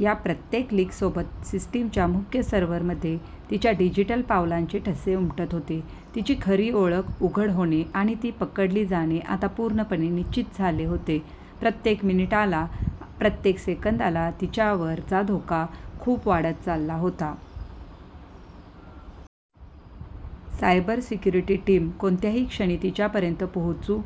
या प्रत्येक लीकसोबत सिस्टीमच्या मुख्य सर्व्हरमध्ये तिच्या डिजिटल पावलांचे ठसे उमटत होते. तिची खरी ओळख उघड होणे आणि ती पकडली जाणे आता पूर्णपणे निश्चित झाले होते. प्रत्येक मिनिटाला, प्रत्येक सेकंदाला तिच्यावरचा धोका खूप वाढत चालला होता. सायबर सिक्युरिटी टीम कोणत्याही क्षणी तिच्यापर्यंत पोहोचू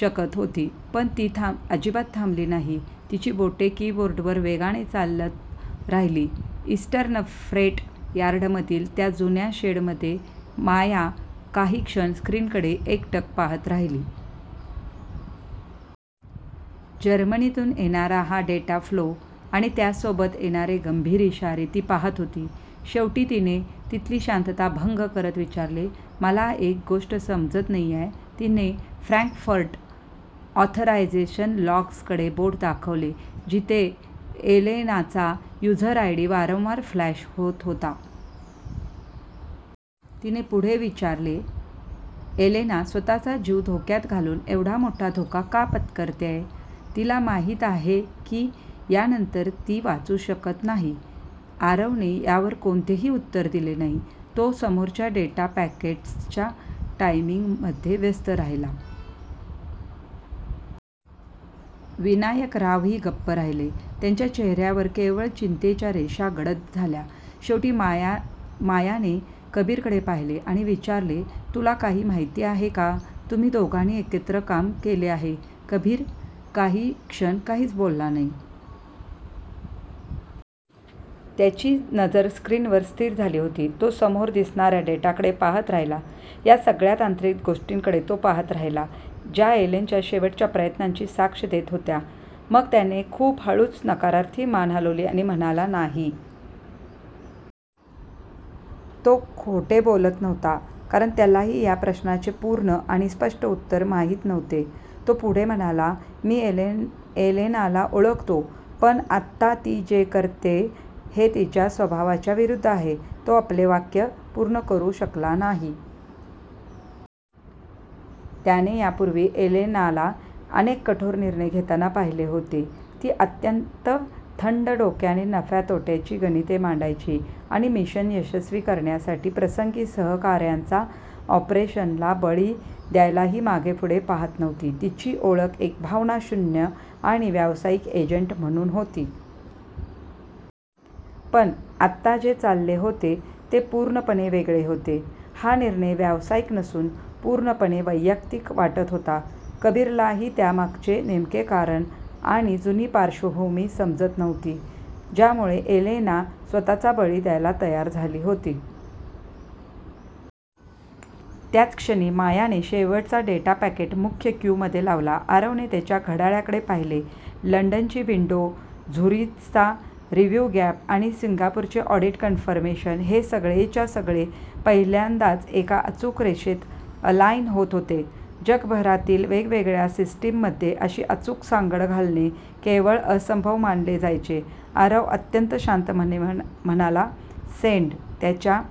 शकत होती, पण ती अजिबात थांबली नाही. तिची बोटे किबोर्डवर वेगाने चालत राहिली. इस्टर्न फ्रेट यार्डमधील त्या जुन्या शेडमध्ये माया काही क्षण स्क्रीनकडे एकटक पाहत राहिली. जर्मनीतून येणारा हा डेटा फ्लो आणि त्यासोबत येणारे गंभीर इशारे ती पाहत होती. शेवटी तिने तिथली शांतता भंग करत विचारले, "मला एक गोष्ट समजत नाहीये. " तिने फ्रँकफर्ट ऑथरायझेशन लॉग्सकडे बोट दाखवले, जिथे एलेनाचा युझर आयडी वारंवार फ्लॅश होत होता. तिने पुढे विचारले, "एलेना स्वतःचा जीव धोक्यात घालून एवढा मोठा धोका का पत्करतेय? तिला माहीत आहे की यानंतर ती वाचू शकत नाही. " आरवने यावर कोणतेही उत्तर दिले नाही, तो समोरच्या डेटा पॅकेट्सच्या टायमिंगमध्ये व्यस्त राहिला. विनायकरावही गप्प राहिले, त्यांच्या चेहऱ्यावर केवळ चिंतेच्या रेषा गडद झाल्या. शेवटी मायाने कबीरकडे पाहिले आणि विचारले, "तुला काही माहिती आहे का? तुम्ही दोघांनी एकत्र काम केले आहे. " कबीर काही क्षण काहीच बोलला नाही. त्याची नजर स्क्रीनवर स्थिर झाली होती. तो समोर दिसणाऱ्या डेटाकडे पाहत राहिला. या सगळ्या तांत्रिक गोष्टींकडे तो पाहत राहिला, ज्या एलेनाच्या शेवटच्या प्रयत्नांची साक्ष देत होत्या. मग त्याने खूप हळूच नकारार्थी मान हलवली आणि म्हणाला, "नाही. " तो खोटे बोलत नव्हता, कारण त्यालाही या प्रश्नाचे पूर्ण आणि स्पष्ट उत्तर माहीत नव्हते. तो पुढे म्हणाला, "मी एलेनाला ओळखतो, पण आत्ता ती जे करतेय, हे तिच्या स्वभावाच्या विरुद्ध आहे. " तो आपले वाक्य पूर्ण करू शकला नाही. त्याने यापूर्वी एलेनाला अनेक कठोर निर्णय घेताना पाहिले होते. ती अत्यंत थंड डोक्याने नफ्या-तोट्याची गणिते मांडायची आणि मिशन यशस्वी करण्यासाठी प्रसंगी सहकाऱ्यांचा ऑपरेशनल बळी द्यायलाही मागेपुढे पाहत नव्हती. तिची ओळख एक भावनाशून्य आणि व्यावसायिक एजंट म्हणून होती. पण आत्ता जे चालले होते ते पूर्णपणे वेगळे होते. हा निर्णय व्यावसायिक नसून पूर्णपणे वैयक्तिक वाटत होता. कबीरलाही त्यामागचे नेमके कारण आणि जुनी पार्श्वभूमी समजत नव्हती, ज्यामुळे एलेना स्वतःचा बळी द्यायला तयार झाली होती. त्याच क्षणी मायाने शेवटचा डेटा पॅकेट मुख्य क्यूमध्ये लावला. आरवने त्याच्या घड्याळाकडे पाहिले. लंडनची विंडो, झुरिचचा रिव्ह्यू गॅप आणि सिंगापूरचे ऑडिट कन्फर्मेशन... हे सगळेच्या सगळे पहिल्यांदाच एका अचूक रेषेत अलाईन होत होते. जगभरातील वेगवेगळ्या सिस्टीम्समध्ये अशी अचूक सांगड घालणे केवळ असंभव मानले जायचे. आरव अत्यंत शांतपणे म्हणाला, "सेंड. " त्याच्या